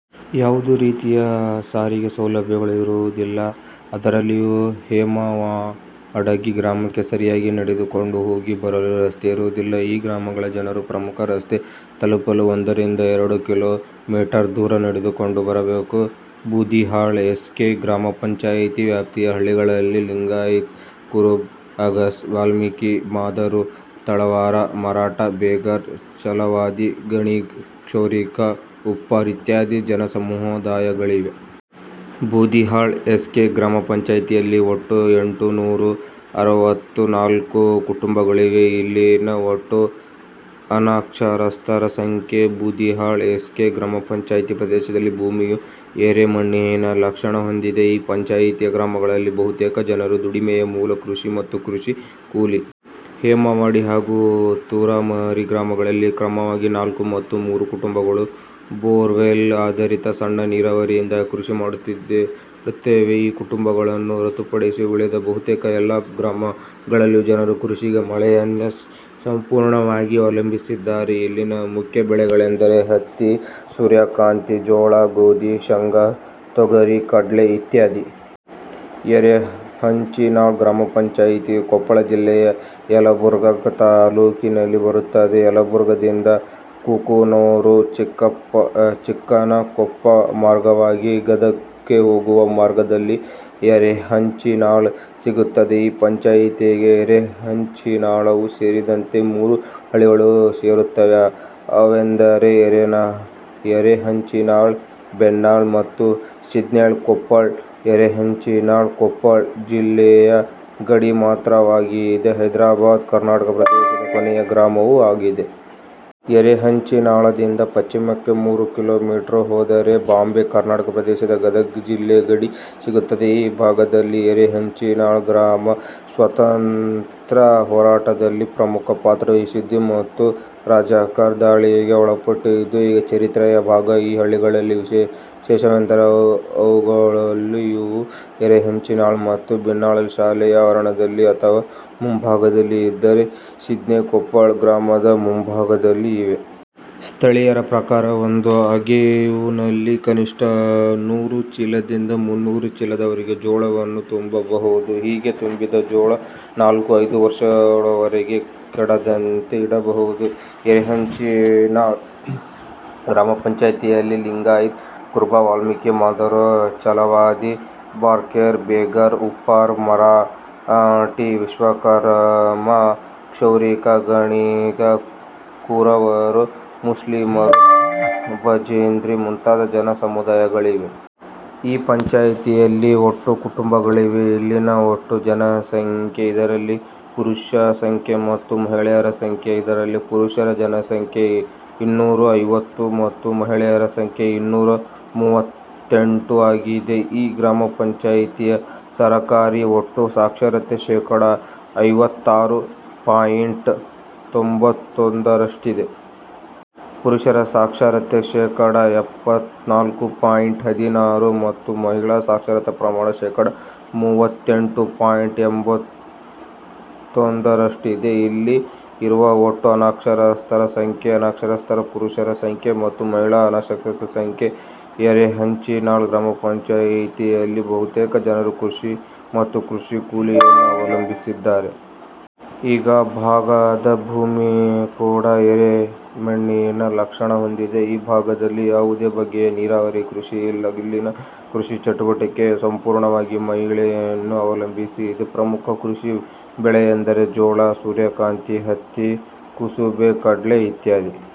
ಯಾವುದೇ ರೀತಿಯ ಸಾರಿಗೆ ಸೌಲಭ್ಯಗಳು ಇರುವುದಿಲ್ಲ. ಅದರಲ್ಲಿಯೂ ಹೇಮವಾಡಗಿ ಗ್ರಾಮಕ್ಕೆ ಸರಿಯಾಗಿ ನಡೆದುಕೊಂಡು ಹೋಗಿ ಬರಲು ರಸ್ತೆ ಇರುವುದಿಲ್ಲ. ಈ ಗ್ರಾಮಗಳ ಜನರು ಪ್ರಮುಖ ರಸ್ತೆ ತಲುಪಲು ಒಂದರಿಂದ ಎರಡು ಕಿಲೋ ಮೀಟರ್ ದೂರ ನಡೆದುಕೊಂಡು ಬರಬೇಕು. ಬೂದಿಹಾಳ ಎಸ್. ಕೆ. ಗ್ರಾಮಪಂಚಾಯತಿ ವ್ಯಾಪ್ತಿಯ ಹಳ್ಳಿಗಳಲ್ಲಿ ಲಿಂಗಾಯತ ಕುರುಬ, ಅಗಸ, ವಾಲ್ಮೀಕಿ, ಮಾದರು, ತಳವಾರ, ಮರಾಠ, ಬೇಗಾರ್, ಚಲವಾದಿ, ಗಾಣಿಗ, ಕ್ಷೌರಿಕ, ಉಪ್ಪಾರ ಇತ್ಯಾದಿ ಜನಸಮುದಾಯಗಳಿವೆ. ಬೂದಿಹಾಳ ಎಸ್. ಕೆ. ಗ್ರಾಮಪಂಚಾಯತಿಯಲ್ಲಿ ಒಟ್ಟು ಎಂಟುನುರ ಅರವತ್ತ ನಾಲ್ಕು ಕುಟುಂಬಗಳಿವೆ. ಇಲ್ಲಿನ ಒಟ್ಟು ಅನಕ್ಷರಸ್ಥರ ಸಂಖ್ಯೆ. ಬೂದಿಹಾಳ ಎಸ್. ಕೆ. ಗ್ರಾಮಪಂಚಾಯತಿ ಪ್ರದೇಶದಲ್ಲಿ ಭೂಮಿಯು ಯರೇಮಣ್ಣಿನ ಲಕ್ಷಣ ಹೊಂದಿದೆ. ಈ ಪಂಚಾಯತಿಯ ಗ್ರಾಮಗಳಲ್ಲಿ ಬಹುತೇಕ ಜನರ ದುಡಿಮೆಯೆ ಮೂಲ ಕೃಷಿ ಮತ್ತು ಕೃಷಿ ಕೂಲಿ. ಹೇಮವಾಡಗಿ ಹಾಗೂ ತೂರಮರಿ ಗ್ರಾಮಗಳಲ್ಲಿ ಕ್ರಮವಾಗಿ ನಾಲ್ಕು ಮತ್ತು ಮೂರು ಕುಟುಂಬಗಳು ಬೋರ್ವೇಲ್ ಆಧಾರಿತ ಸಣ್ಣ ನೀರಾವರಿಯಿಂದ ಕೃಷಿ ಮಾಡುತ್ತಿವೆ. ಈ ಕುಟುಂಬಗಳನ್ನು ಹೊರತುಪಡಿಸಿ ಉಳಿದ ಬಹುತೇಕ ಎಲ್ಲಾ ಗ್ರಾಮಗಳಲ್ಲಿ ಜನರು ಕೃಷಿಗೆ ಮಳೆಯನ್ನೆ ಸಂಪೂರ್ಣವಾಗಿ ಅವಲಂಬಿಸಿದ್ದಾರೆ. ಇಲ್ಲಿನ ಮುಖ್ಯ ಬೆಳೆಗಳೆಂದರೆ, ಹತ್ತಿ, ಸೂರ್ಯಕಾಂತಿ, ಜೋಳ, ಗೋಧಿ, ಶೇಂಗಾ, ತೊಗರಿ, ಕಡ್ಲೆ ಇತ್ಯಾದಿ. ಯರೇಹಂಚಿನಾಳ ಗ್ರಾಮಪಂಚಾಯತಿಯು ಕೊಪ್ಪಳ ಜಿಲ್ಲೆಯ ಯಲಬುರ್ಗಾ ತಾಲ್ಲೂಕಿನಲ್ಲಿ ಬರುತ್ತದೆ. ಯಲಬುರ್ಗಾದಿಂದ ಕೂಕನೂರು, ಚಿಕ್ಕನಕೊಪ್ಪ ಮಾರ್ಗವಾಗಿ ಗದಗಕ್ಕೆ ಹೋಗುವ ಮಾರ್ಗದಲ್ಲಿ ಯರೇಹಂಚಿನಾಳ ಸಿಗುತ್ತದೆ. ಈ ಪಂಚಾಯತಿಗೆ ಯರೇಹಂಚಿನಾಳವು ಸೇರಿದಂತೆ ಮೂರು ಹಳ್ಳಿಗಳು ಸೇರುತ್ತವೆ. ಅವೆಂದರೆ ಯರೇಹಂಚಿನಾಳ, ಭಿನ್ನಾಳ ಮತ್ತು ಶಿದ್ನೇಕೊಪ್ಪ, ಯರೇಹಂಚಿನಾಳ ಕೊಪ್ಪಳ ಜಿಲ್ಲೆಯ ಗಡಿಮಾತ್ರವಾಗದೆ ಹೈದ್ರಾಬಾದ್ ಕರ್ನಾಟಕ ಪ್ರದೇಶದ ಕೊನೆಯ ಗ್ರಾಮವೂ ಆಗಿದೆ. ಯರೇಹಂಚಿನಾಳದಿಂದ ಪಶ್ಚಿಮಕ್ಕೆ ಮೂರು ಕಿಲೋ ಮೀಟರ್ ಹೋದರೆ ಬಾಂಬೆ ಕರ್ನಾಟಕ ಪ್ರದೇಶದ ಗದಗ ಜಿಲ್ಲೆ ಗಡಿ ಸಿಗುತ್ತದೆ. ಈ ಭಾಗದಲ್ಲಿ ಯರೇಹಂಚಿನಾಳ ಗ್ರಾಮ ಸ್ವತಂತ್ರ ಹೋರಾಟದಲ್ಲಿ ಪ್ರಮುಖ ಪಾತ್ರವಹಿಸಿದ್ದು ಮತ್ತು ರಜಾಕರ ದಾಳಿಗೆ ಒಳಪಟ್ಟಿದ್ದು ಈಗ ಚರಿತ್ರೆಯ ಭಾಗ. ಈ ಹಳ್ಳಿಗಳಲ್ಲಿ ವಿಶೇಷವೆಂದರೆ ಅಗೇವುಗಳು. ಇವು ಯರೇಹಂಚಿನಾಳ ಮತ್ತು ಭಿನ್ನಾಳದಲ್ಲಿ ಶಾಲೆಯ ಆವರಣದಲ್ಲಿ ಅಥವಾ ಮುಂಭಾಗದಲ್ಲಿ ಇದ್ದರೆ, ಶಿದ್ನೇಕೊಪ್ಪದಲ್ಲಿ ಗ್ರಾಮದ ಮುಂಭಾಗದಲ್ಲಿ ಇವೆ. ಸ್ಥಳೀಯರ ಪ್ರಕಾರ ಒಂದು ಅಗೇವುನಲ್ಲಿ ಕನಿಷ್ಟ ನೂರು ಚೀಲದಿಂದ ಮುನ್ನೂರು ಚೀಲದವರೆಗೆ ಜೋಳವನ್ನು ತುಂಬಬಹುದು. ಹೀಗೆ ತುಂಬಿದ ಜೋಳ ನಾಲ್ಕು, ಐದು ವರ್ಷಗಳವರೆಗೆ ಕೆಡದಂತೆ ಇಡಬಹುದು. ಯರೇಹಂಚಿನಾಳ ಗ್ರಾಮಪಂಚಾಯತಿಯಲ್ಲಿ ಲಿಂಗಾಯತ ಕುರುಬ, ವಾಲ್ಮೀಕಿ, ಮಾದರು, ಚಲವಾದಿ, ಬಾರ್ಕೇರ್, ಬೇಗಾರ್, ಉಪ್ಪಾರ, ಮರಾಠಿ, ವಿಶ್ವಕರ್ಮ, ಕ್ಷೌರಿಕ, ಗಾಣಿಗ, ಕೊರವರು, ಮುಸ್ಲಿಮರು, ಬಜಂತ್ರಿ ಮುಂತಾದ ಜನ ಸಮುದಾಯಗಳಿವೆ. ಈ ಪಂಚಾಯತಿಯಲ್ಲಿ ಒಟ್ಟು ಕುಟುಂಬಗಳಿವೆ. ಇಲ್ಲಿನ ಒಟ್ಟು ಜನಸಂಖ್ಯೆ. ಇದರಲ್ಲಿ ಪುರುಷರ ಸಂಖ್ಯೆ ಮತ್ತು ಮಹಿಳೆಯರ ಸಂಖ್ಯೆ. ಇದರಲ್ಲಿ ಪುರುಷರ ಜನಸಂಖ್ಯೆ ಇನ್ನೂರ ಐವತ್ತು ಮತ್ತು ಮಹಿಳೆಯರ ಜನಸಂಖ್ಯೆ ಇನ್ನೂರ ಮೂವತ್ತೆಂಟು ಆಗಿದೆ. ಈ ಗ್ರಾಮಪಂಚಾಯತಿಯ ಸರಾಸರಿ ಒಟ್ಟು ಸಾಕ್ಷರತೆ ಶೇಕಡ ಐವತ್ತಾರು ಪಾಯಿಂಟ್ ತೊಂಭತ್ತೊಂದರಷ್ಟಿದೆ. ಪುರುಷರ ಸಾಕ್ಷರತೆ ಶೇಕಡ ಎಪ್ಪತ್ತ ನಾಲ್ಕು ಪಾಯಿಂಟ್ ಹದಿನಾರು ಮತ್ತು ಮಹಿಳಾ ಸಾಕ್ಷರತಾ ಪ್ರಮಾಣ ಶೇಕಡ ಮೂವತ್ತೆಂಟು ಪಾಯಿಂಟ್ ಎಂಭತ್ತೊಂಭತ್ತರಷ್ಟಿದೆ ಇಲ್ಲಿ ಇರುವ ಒಟ್ಟು ಅನಕ್ಷರಸ್ಥರ ಸಂಖ್ಯೆ ಅನಕ್ಷರಸ್ಥ ಪುರುಷರ ಸಂಖ್ಯೆ ಮತ್ತು ಮಹಿಳಾ ಅನಕ್ಷರಸ್ಥರ ಸಂಖ್ಯೆ. ಯರೇಹಂಚಿನಾಳ ಗ್ರಾಮಪಂಚಾಯತಿಯಲ್ಲಿ ಬಹುತೇಕ ಜನರು ಕೃಷಿ ಮತ್ತು ಕೃಷಿ ಕೂಲಿಯನ್ನು ಅವಲಂಬಿಸಿದ್ದಾರೆ. ಈ ಭಾಗದ ಭೂಮಿ ಕೂಡ ಯರೇಮಣ್ಣಿನ ಲಕ್ಷಣ ಹೊಂದಿದೆ. ಈ ಭಾಗದಲ್ಲಿ ಯಾವುದೇ ಬಗೆಯ ನೀರಾವರಿ ಕೃಷಿ ಇಲ್ಲ. ಇಲ್ಲಿನ ಕೃಷಿ ಚಟುವಟಿಕೆಯು ಸಂಪೂರ್ಣವಾಗಿ ಮಳೆಯನ್ನು ಅವಲಂಬಿಸಿದೆ. ಪ್ರಮುಖ ಕೃಷಿ ಬೆಳೆಯೆಂದರೆ ಜೋಳ, ಸೂರ್ಯಕಾಂತಿ, ಹತ್ತಿ, ಕುಸುಬೆ, ಕಡ್ಲೆ ಇತ್ಯಾದಿ.